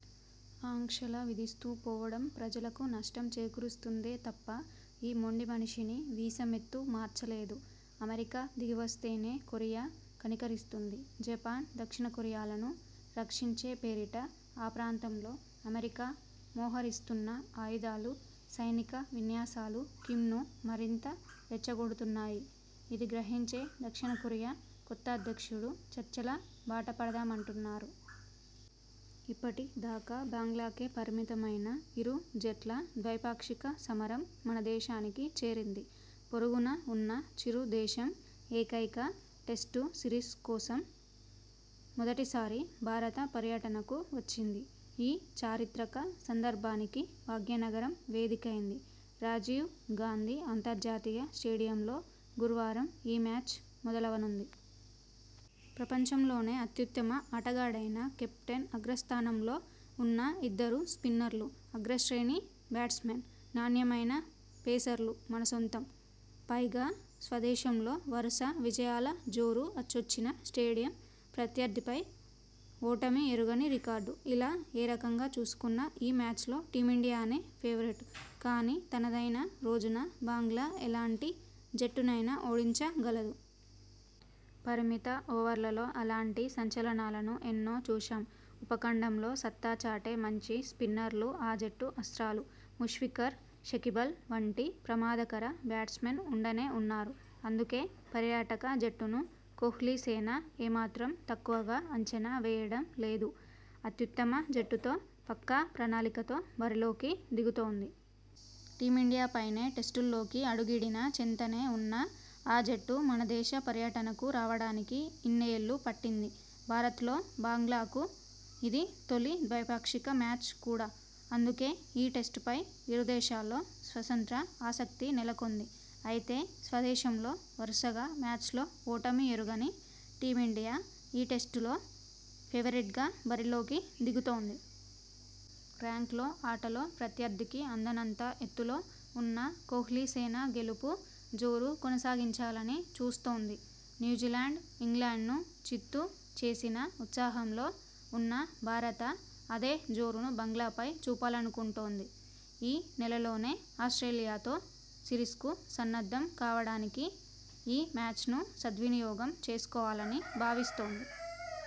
ఆంక్షల విధిస్తూపోవడం ప్రజలకు నష్టం చేకూరుస్తుందే తప్ప ఈ మొండిమనిషిని వీసమెత్తు మార్చలేదు. అమెరికా దిగివస్తేనే కొరియా కనికరిస్తుంది. జపాన్, దక్షిణకొరియాలను రక్షించే పేరిట ఆ ప్రాంతంలో అమెరికా మోహరిస్తున్న ఆయుధాలు, సైనిక విన్యాసాలు కిమ్ను మరింత రెచ్చగొడుతున్నాయి. ఇది గ్రహించే దక్షిణకొరియా కొత్త అధ్యక్షుడు చర్చల బాటపడదామంటున్నారు. ఇప్పటిదాకా బంగ్లాకే పరిమితమైన ఇరు జట్ల 'ద్వైపాక్షిక సమరం' మనదేశానికి చేరింది! పొరుగున ఉన్న చిరు దేశం ఏకైక టెస్టు సిరీస్ కోసం మొదటిసారి భారత పర్యటనకు వచ్చింది. ఈ చారిత్రక సందర్భానికి భాగ్యనగరం వేదికైంది. రాజీవ్ గాంధీ అంతర్జాతీయ స్టేడియంలో గురువారం ఈ మ్యాచ్ మొదలవనుంది. ప్రపంచంలోనే అత్యుత్తమ ఆటగాడైన కెప్టెన్ అగ్రస్థానంలో ఉన్న ఇద్దరు స్పిన్నర్లు అగ్రశేణి బ్యాట్స్మెన్ నాణ్యమైన పేసర్లు మనసొంతం! పైగా, స్వదేశంలో వరుస విజయాల జోరు అచ్చొచ్చిన స్టేడియం ప్రత్యర్థిపై ఓటమి ఎరుగని రికార్డు! ఇలా ఏరకంగా చూసుకున్నా ఈ మ్యాచ్లో టీమిండియానే ఫేవరెట్! కానీ, తనదైన రోజున బంగ్లా ఎలాంటి జట్టునైనా ఓడించగలదు! పరిమిత ఓవర్లలో అలాంటి సంచలనాలను ఎన్నో చూశాం! ఉపఖండంలో సత్తాచాటే మంచి స్పిన్నర్లు ఆ జట్టు అస్ర్తాలు! ముష్ఫికర్, షకీబల్ వంటి ప్రమాదకర బ్యాట్స్మెన్ ఉండనే ఉన్నారు! అందుకే, పర్యాటక జట్టును కోహ్లీసేన ఏమాత్రం తక్కువగా అంచనా వేయడం లేదు! అత్యుత్తమ జట్టుతో, పక్కా ప్రణాళికతో బరిలోకి దిగుతోంది! టీమిండియాపైనే టెస్టుల్లోకి అడుగిడినా చెంతనే ఉన్నా ఆ జట్టు మనదేశ పర్యటనకు రావడానికి ఇన్నేళ్లు పట్టింది. భారత్లో బంగ్లాకు ఇది తొలి ద్వైపాక్షిక మ్యాచ్ కూడా. అందుకే, ఈ టెస్టుపై ఇరుదేశాల్లో సర్వత్రా ఆసక్తి నెలకొంది! అయితే, స్వదేశంలో వరుసగా మ్యాచ్ల్లో ఓటమి ఎరుగని టీమిండియా ఈ టెస్టులో ఫేవరెట్గా బరిలోకి దిగుతోంది. ర్యాంక్లో, ఆటలో ప్రత్యర్థికి అందనంత ఎత్తులో ఉన్న కోహ్లీసేన గెలుపు జోరు కొనసాగించాలని చూస్తోంది. న్యూజిలాండ్, ఇంగ్లండ్ను చిత్తు చేసిన ఉత్సాహంలో ఉన్న భారత అదే జోరును బంగ్లాపై చూపాలనుకుంటోంది. ఈ నెలలోనే ఆస్ట్రేలియాతో సిరీస్కు సన్నద్ధం కావడానికి ఈ మ్యాచ్ను సద్వినియోగం చేసుకోవాలని భావిస్తోంది.